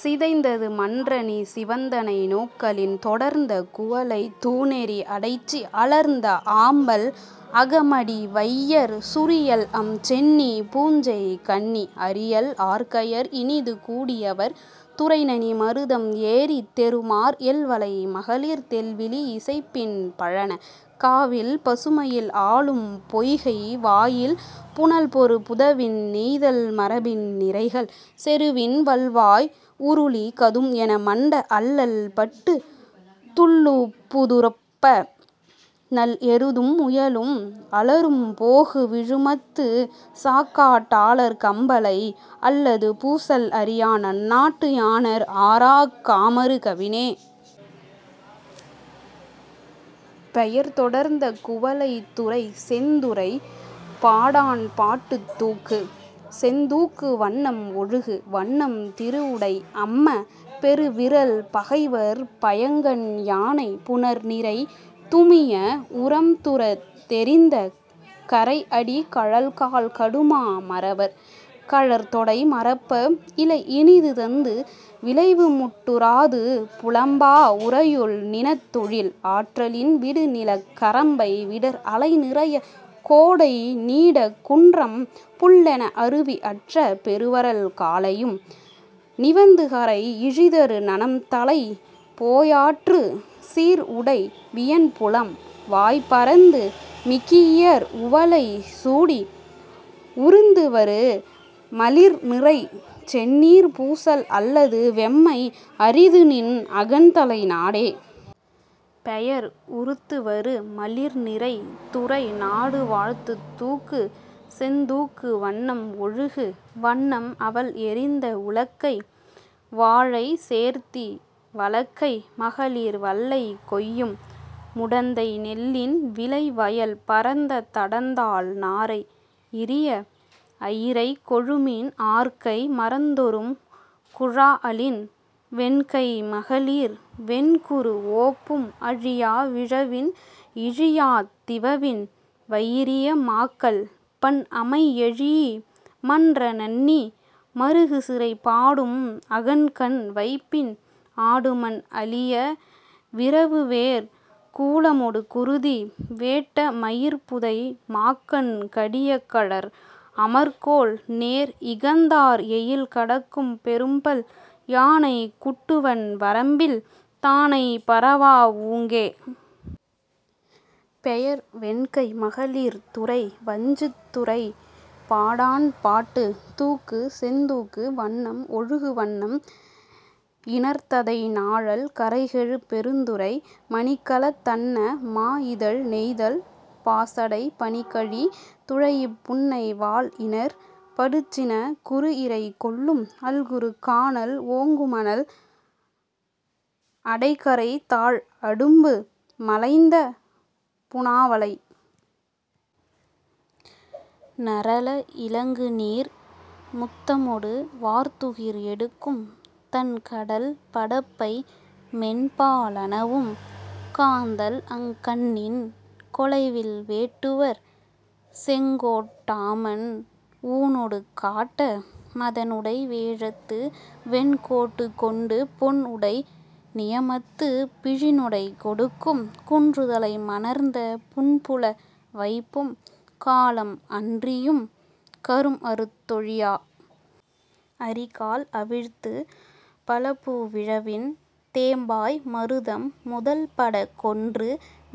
சிதைந்தது மன்றநீ சிவந்தனை நோக்கலின் தொடர்ந்த குவளைத் தூநெறி அடைச்சி அலர்ந்த ஆம்பல் அகமடி வையர் சுரியல்அம் சென்னிப் பூஞ்செய் கண்ணி அரியல் ஆர்கையர் இனிதுகூ டியவர் துறைநணி மருதம் ஏறித் தெறுமார் எல்வளை மகளிர் தெள்விளி இசைப்பின் பழனக் காவில் பசுமயில் ஆலும் பொய்கை வாயில் புனல்பொரு புதவின் நெய்தல் மரபின் நிரைகள் செறுவின் வல்வாய் உருளி கதும்என மண்ட அள்ளல் பட்டுத் துள்ளூபு துரப்ப நல்எருதும் முயலும் அளறுபோகு விழுமத்துச் சாகாட் டாளர் கம்பலை அல்லது பூசல் அறியா நன்னாட் யாணர் அறாஅக் காமரு கவினே. பெயர் தொடர்ந்த குவளை துறை செந்துறைப் பாடாண்பாட்டு தூக்கு செந்தூக்கு வண்ணம் ஒழுகு வண்ணம் திருவுடைத் அம்ம பெருவிறல் பகைவர் பைங்கண் யானைப் புணர்நிரை துமிய உரம்துரந் எறிந்த கறைஅடிக் கழல்கால் கடுமா மறவர் கதழ்தொடை மறப்ப இளைஇனிது தந்து விளைவுமுட் உறாது புலம்பா உறையுள் நீணதொழில் ஆற்றலின் விடுநிலக் கரம்பை விடர்அளை நிறையக் கோடை நீடக் குன்றம் புல்லென அருவி அற்ற பெருவறல் காலையும் நிவந்துகரை இழிதரு நனம்தலைப் போயாற்றுச் சீர்உடை வியன்புலம் வாய்பரந்து மிகீஇயர் உவலை சூடி உருத்துவரு மலிர்நிறைச் செந்நீர்ப் பூசல் அல்லது வெம்மை அரிதுநின் அகன்தலை நாடே. பெயர் உருத்துவரு மலிர்நிறை துறை நாடுவாழ்த்து தூக்கு செந்தூக்கு வண்ணம் ஒழுகு வண்ணம் அவல்எறிந்த உலக்கை வாழைச் சேர்த்தி வளைக்கை மகளிர் வள்ளை கொய்யும் முடந்தை நெல்லின் விளைவயல் பரந்த தடந்தாள் நாரை இரிய அயிரைக் கொழுமீன் ஆர்கைய மரந்தொறும் குழாஅலின் வெண்கை மகளிர் வெண்குரு ஓப்பும் அழியா விழவின் இழியாத் திவவின் வயிரிய மாக்கள் பண்அமைத் எழீஇ மன்ற நண்ணி மறுகுசிறை பாடும் அகன்கண் வைப்பின் ஆடுமன் அளிய விரவுவேறு கூலமொடு குருதி வேட்ட மயிர்புதை மாக்கண் கடிய கழற அமர்கோள் நேர்இகந் ஆர்எயில் கடக்கும் பெரும்பல் யானைக் குட்டுவன் வரம்பில் தானை பரவா ஊங்கே. பெயர் வெண்கை மகளிர் துறை வஞ்சித்துறைப்பாடாண்பாட்டு தூக்கு செந்தூக்கு வண்ணம் ஒழுகு வண்ணம் இணர்ததை ஞாழல் கரைகெழு பெருந்துறை மணிக்கலத் தன்ன மாஇதழ் நெய்தல் பாசடைப் பனிக்கழி துழைஇப் புன்னை வால்இணர்ப் படுசினக் குருஇறை கொள்ளும் அல்குறு கானல் ஓங்குமணல் அடைகரை தாழ்அடும்பு மலைந்த புணாவளை ஞரல இலங்குநீர் முத்தமொடு வார்துகிர் எடுக்கும் தண்கடல் படப்பை மென்பா லனவும் காந்தள்அங் கண்ணிக் கொலைவில் வேட்டுவர் செங்கோட் ஆமான் ஊனொடு காட்ட மதன்உடை வேழத்து வெண்கோடு கொண்டு பொன்உடை நியமத்துப் பிழிநொடை கொடுக்கும் குன்றுதலை மணந்த புன்புல வைப்பும் காலம் அன்றியும் கரும்அறுத் ஒழியா அரிகால் அவித்துப் பலபூ விழவின் தேம்பாய் மருதம் முதல்படக் கொன்று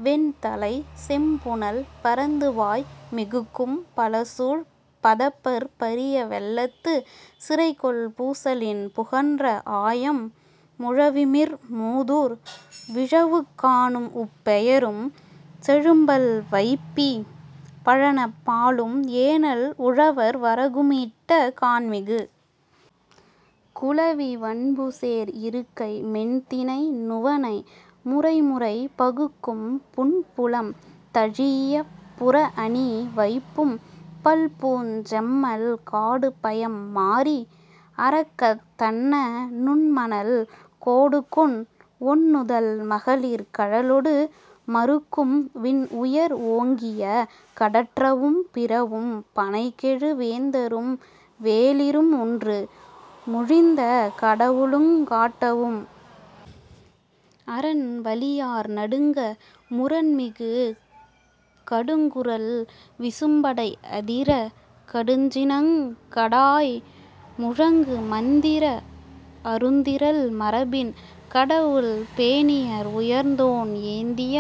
வெண்தலைச் செம்புனல் பரந்துவாய் மிகுக்கும் பலசூழ் பதப்பர் பரிய வெள்ளத்துச் சிறைகொள் பூசலின் புகன்ற ஆயம் முழவிமிழ் மூதூர் விழவுக்காணூஉப் பெயரும் செழும்பல் வைப்பி பழனப் பாலும் ஏனல் உழவர் வரகுமீ இட்ட கான்மிகு குளவிய வன்புசேர் இருக்கை மென்தினை நுவணை முறைமுறை பகுக்கும் புன்புலம் தழீஇய புறஅணி வைப்பும் பல்பூஞ் செம்மல் காடுபயம் மாறி அரக்கத் தன்ன நுண்மணல் கோடுகொண் ஒண்நுதல் மகளிர் கழலொடு மறுகும் விண்உயர்ந் ஓங்கிய கடற்றவும் பிறவும் பணைகெழு வேந்தரும் வேளிரும்ஒன்று மொழிந்து கடலவுங் காட்டவும் அரண்வலியார் நடுங்க முரண்மிகு கடுங்குரல் விசும்அடை அதிரக் கடுஞ்சினங் கடாஅய் முழங்கு மந்திரத் அருந்திறல் மரபின் கடவுள் பேணியர் உயர்ந்தோன் ஏந்திய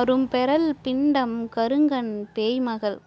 அரும்பெறல் பிண்டம் கருங்கண் பேய்மகள்